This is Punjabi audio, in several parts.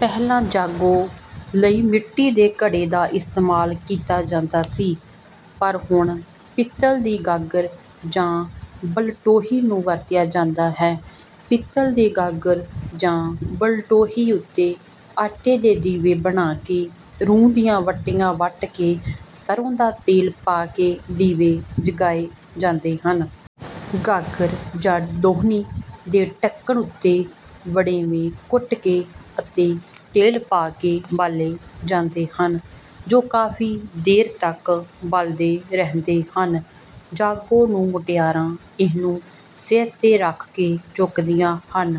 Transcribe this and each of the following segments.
ਪਹਿਲਾਂ ਜਾਗੋ ਲਈ ਮਿੱਟੀ ਦੇ ਘੜੇ ਦਾ ਇਸਤੇਮਾਲ ਕੀਤਾ ਜਾਂਦਾ ਸੀ, ਪਰ ਹੁਣ ਪਿੱਤਲ ਦੀ ਗਾਗਰ ਜਾਂ ਬਲਟੋਹੀ ਨੂੰ ਵਰਤਿਆ ਜਾਂਦਾ ਹੈ। ਪਿੱਤਲ ਦੀ ਗਾਗਰ ਜਾਂ ਬਲਟੋਹੀ ਉੱਤੇ ਆਟੇ ਦੇ ਦੀਵੇ ਬਣਾ ਕੇ ਰੂੰ ਦੀਆਂ ਵੱਟੀਆਂ ਵੱਟ ਕੇ ਸਰ੍ਹੋਂ ਦਾ ਤੇਲ ਪਾ ਕੇ ਦੀਵੇ ਜਗਾਏ ਜਾਂਦੇ ਹਨ। ਗਾਗਰ ਜਾਂ ਦੋਹਣੀ ਦੇ ਢੱਕਣ ਉੱਤੇ ਵੜੇਵੇਂ ਕੁੱਟ ਕੇ ਅਤੇ ਤੇਲ ਪਾ ਕੇ ਬਾਲੇ ਜਾਂਦੇ ਹਨ। ਜੋ ਕਾਫ਼ੀ ਦੇਰ ਤੱਕ ਬਲਦੇ ਰਹਿੰਦੇ ਹਨ। ਜਾਗੋ ਨੂੰ ਮੁਟਿਆਰਾਂ ਇਹਨੂੰ ਸਿਰ ਤੇ ਰੱਖ ਕੇ ਚੁੱਕਦੀਆਂ ਹਨ।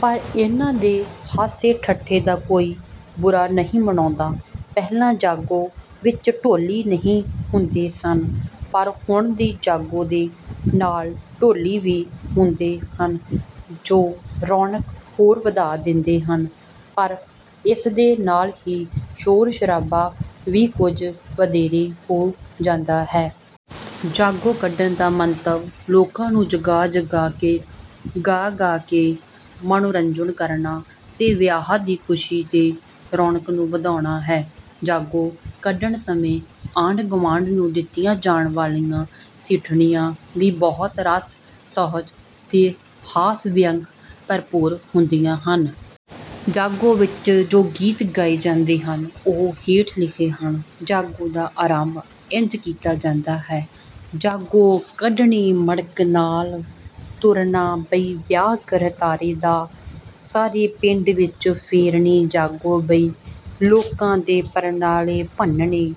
ਪਰ ਇਹਨਾਂ ਦੇ ਹਾਸੇ-ਠੱਠੇ ਦਾ ਕੋਈ ਬੁਰਾ ਨਹੀਂ ਮਨਾਉਂਦਾ। ਪਹਿਲਾਂ ਜਾਗੋ ਵਿੱਚ ਢੋਲੀ ਨਹੀਂ ਹੁੰਦੇ ਸਨ, ਪਰ ਹੁਣ ਦੀ ਜਾਗੋ ਦੇ ਨਾਲ ਢੋਲੀ ਵੀ ਹੁੰਦੇ ਹਨ, ਜੋ ਰੌਣਕ ਹੋਰ ਵਧਾ ਦਿੰਦੇ ਹਨ। ਪਰ ਇਸ ਦੇ ਨਾਲ ਹੀ ਸ਼ੋਰ-ਸ਼ਰਾਬਾ ਵੀ ਕੁੱਝ ਵਧੇਰੇ ਹੋ ਜਾਂਦਾ ਹੈ। ਜਾਗੋ ਕੱਢਣ ਦਾ ਮੰਤਵ ਲੋਕਾਂ ਨੂੰ ਜਗਾ-ਜਗਾ ਕੇ, ਗਾ-ਗਾ ਕੇ ਮਨੋਰੰਜਨ ਕਰਨਾ ਤੇ ਵਿਆਹ ਦੀ ਖ਼ੁਸ਼ੀ ਤੇ ਰੌਣਕ ਨੂੰ ਵਧਾਉਣਾ ਹੈ। ਜਾਗੋ ਕੱਢਣ ਸਮੇਂ ਆਂਢ-ਗੁਆਂਢ ਨੂੰ ਦਿੱਤੀਆਂ ਜਾਣ ਵਾਲੀਆਂ ਸਿੱਠਣੀਆਂ ਵੀ ਬਹੁਤ ਰਸ, ਸੁਹਜ ਤੇ ਹਾਸ-ਵਿਅੰਗ ਭਰਪੂਰ ਹੁੰਦੀਆਂ ਹਨ। ਜਾਗੋ ਵਿੱਚ ਜੋ ਗੀਤ ਗਾਏ ਜਾਂਦੇ ਹਨ ਉਹ ਹੇਠ ਲਿਖੇ ਹਨ। ਜਾਗੋ ਦਾ ਆਰੰਭ ਇੰਜ ਕੀਤਾ ਜਾਂਦਾ ਹੈ: ਜਾਗੋ ਕੱਢਣੀ ਮੜ੍ਹਕ ਨਾਲ, ਤੁਰਨਾ ਬਈ ਵਿਆਹ ਕਰਤਾਰੇ ਦਾ, ਸਾਰੇ ਪਿੰਡ ਵਿੱਚ ਫੇਰਨੀ ਜਾਗੋ ਬਈ, ਲੋਕਾਂ ਦੇ ਪਰਨਾਲੇ ਭੰਨਣੇ,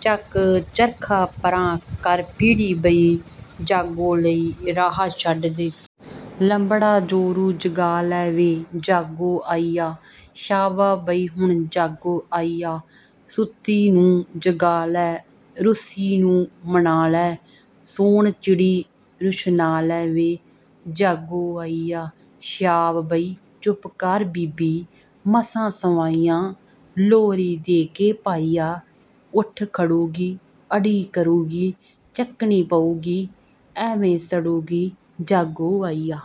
ਚੱਕ ਚਰਖਾ ਪਰ੍ਹਾਂ ਕਰ ਪੀੜ੍ਹੀ ਬਈ, ਜਾਗੋ ਲਈ ਰਾਹ ਛੱਡ ਦੇ। ਲੰਬੜਾ ਜੋਰੂ ਜਗਾ ਲੈ ਵੇ, ਜਾਗੋ ਆਈ ਆ, ਸ਼ਾਵਾ ਬਈ ਹੁਣ ਜਾਗੋ ਆਈ ਆ, ਸੁੱਤੀ ਨੂੰ ਜਗਾ ਲੈ, ਰੁੱਸੀ ਨੂੰ ਮਨਾ ਲੈ, ਸੋਨ ਚਿੜੀ ਰੁਸ਼ਨਾ ਲੈ ਵੇ, ਜਾਗੋ ਆਈ ਆ, ਸਾਵ ਬਈ। ਚੁੱਪ ਕਰ ਬੀਬੀ, ਮਸਾਂ ਸਵਾਈ ਆ, ਲੋਰੀ ਦੇ ਕੇ ਪਾਈ ਆ, ਉੱਠ ਖੜੂਗੀ ਅੜੀ ਕਰੂਗੀ, ਚੱਕਣੀ ਪਊਗੀ, ਐਵੇਂ ਸੜੂਗੀ, ਜਾਗੋ ਆਈ ਆ।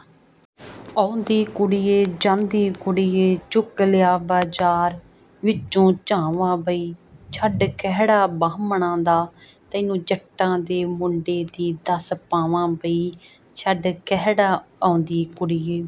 ਆਉਂਦੀ ਕੁੜੀਏ ਜਾਂਦੀ ਕੁੜੀਏ, ਚੁੱਕ ਲਿਆ ਬਾਜ਼ਾਰ ਵਿੱਚੋਂ ਝਾਵਾਂ ਬਈ, ਛੱਡ ਖਹਿੜਾ ਬਾਹਮਣਾ ਦਾ, ਤੈਨੂੰ ਜੱਟਾਂ ਦੇ ਮੁੰਡੇ ਦੀ ਦੱਸ ਪਾਵਾਂ ਬਈ, ਛੱਡ ਖਹਿੜਾ। ਆਉਂਦੀ ਕੁੜੀਏ